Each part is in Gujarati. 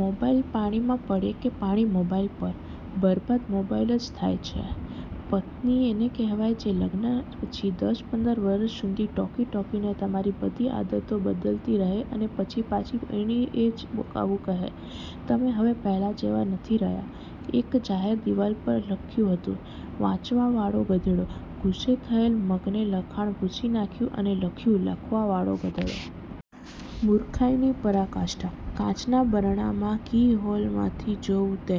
મોબાઈલ પાણી માં પડે કે પાણી મોબાઈલ, પર બરબાદ મોબાઈલ જ થાય છે. પત્ની એને કહેવાય જે લગ્ન પછી દસ-પંદર વર્ષ સુધી ટોકી ટોકીને તમારી બધી જ આદતોને બદલતી રહે અને પછી પાછી એની એ જ આવું કહે: 'તમે હવે પહેલા જેવા નથી રહ્યા' એક જાહેર દીવાલ પર લખ્યું હતું: વાંચવાવાળો ગધેડો, ગુસ્સે થયેલા મગને લખાણ ભૂંસી નાખ્યું અને લખ્યું 'લખવાવાળો ગધેડો. મુર્ખાઈની પરાકાષ્ઠા: કાચના બારણાના કી-હોલમાંથી જોવું તે.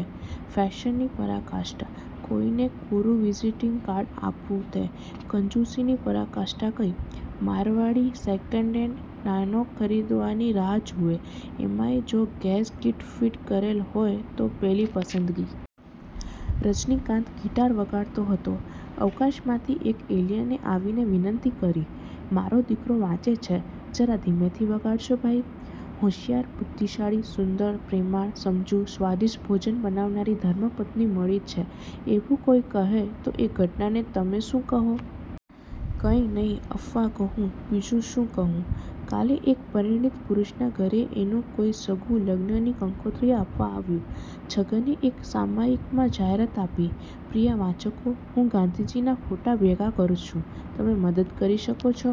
ફેશનની પરાકાષ્ઠા: કોઈને કોરું વિઝીટીંગ કાર્ડ આપવું તે, કંજુસીની પરાકાષ્ઠા કઈ? મારવાડી સેકન્ડ હેન્ડ નેનો ખરીદવાની રાહ જુવે. એમાંય જો ગેસ કીટ ફીટ કરેલ હોય તો પેલી પસંદગી. રજનીકાંત ગિટાર વગાડતો હતો. અવકાશમાંથી એક એલિયને આવીને વિનંતી કરી: મારો દીકરો વાંચે છે, જરા ધીમેથી વગાડશો ભાઈ! હોશિયાર, બુધ્ધિશાળી, સુંદર, પ્રેમાળ, સમજુ, સ્વાદિષ્ટ ભોજન બનાવનારી ધર્મપત્ની મળી છે એવું કોઈ કહે તો એ ઘટનાને તમે શું કહો? કંઈ નહીં, અફવા કહું, બીજું શું કહું? કાલે એક પરિણીત પુરુષના ઘરે એનું કોઈ સગું લગ્નની કંકોત્રી આપવા આવ્યું. છગને એક સામાયિકમાં જાહેરાત આપી: 'પ્રિય વાચકો, હું ગાંધીજીના ફોટા ભેગા કરું છું. તમે મદદ કરી શકો છો.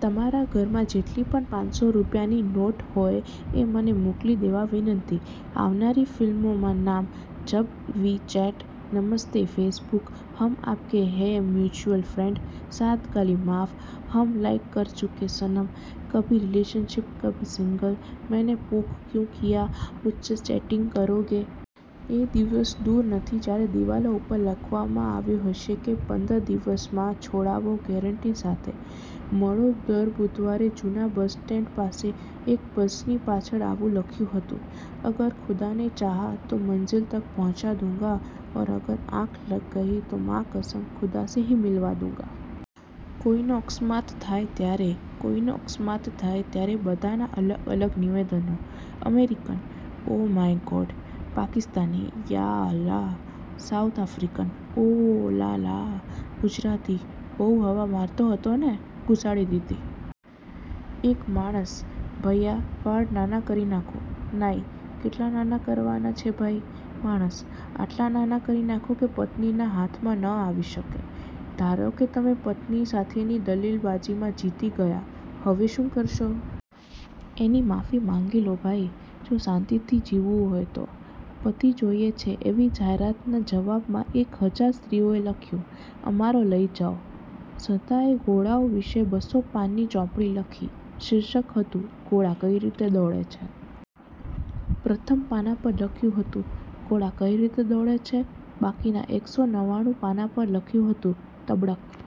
તમારા ઘરમાં જેટલી પણ પાંચસો રૂપિયાની નોટ હોય એ મને મોકલી દેવા વિનંતી' આવનારી ફિલ્મોના નામ:- જબ વી ચેટ, નમસ્તે ફેસબુક, હમ આપકે હે મ્યુચ્યુઅલ ફ્રેન્ડ, સાત ગાલી માફ, હમ લાઇક કર ચુકે સનમ, કભી રિલેશનશિપ કભી સિંગલ, મેને પોક ક્યું કિયા, મુજસે ચેટિંગ કરોગે….. તે દિવસો દુર નથી જયારે દીવાલો ઉપર લખવામાં આવ્યું હશે કે પંદર દિવસમાં, છોડાવો ગેરંટી સાથે. મળો દર બુધવારે જુના બસ સ્ટેન્ડ પાસે એક બસની પાછળ આવું લખ્યું હતું: અગર ખુદાને ચાહા તો મંઝિલ તક પહૂંચા દુંગા ઔર અગર આંખ લગ ગઈ તો મા કસમ, ખુદા સે હી મિલવા દુંગા. કોઈ નો અકસ્માત થાય ત્યારે, કોઈ નો અકસ્માત થાય ત્યારે બધા ના અલગ અલગ નિવેદનો, American: oh my God! Pakistani: યા અલ્લાહ! સાઉથ આફ્રીકન: ઓ, લા લા! ગુજરાતી: બઉં હવા મારતો હતો ને, ઘુસાડી દીધી. એક માણસ- ભૈયા વાળ નાના કરી નાખો. નાઈ- કેટલા નાના કરવાના છે ભાઈ!! માણસ- આટલા નાના કરી નાખો કે પત્નીના હાથમાં ન આવી શકે!! ધારો કે તમે પત્ની સાથેની દલીલબાજીમાં જીતી ગયા. હવે શું કરશો? એની માફી માગી લો ભાઈ, જો શાંતિથી જીવવું હોય તો. પતિ જોઈએ છે' એવી જાહેરાતના જવાબમાં એક હજાર સ્ત્રીઓએ લખ્યું: અમારો લઈ જાઓ. સંતા એ ઘોડાઓ વિશે બસો પાનાની ચોપડી લખી. શીર્ષક હતું: ઘોડા કઈ રીતે દોડે છે? પ્રથમ પાના પર લખ્યું હતું: ઘોડા કઈ રીતે દોડે છે? બાકીના એકસો નવ્વાણું પાના પર લખ્યું હતું: તબડક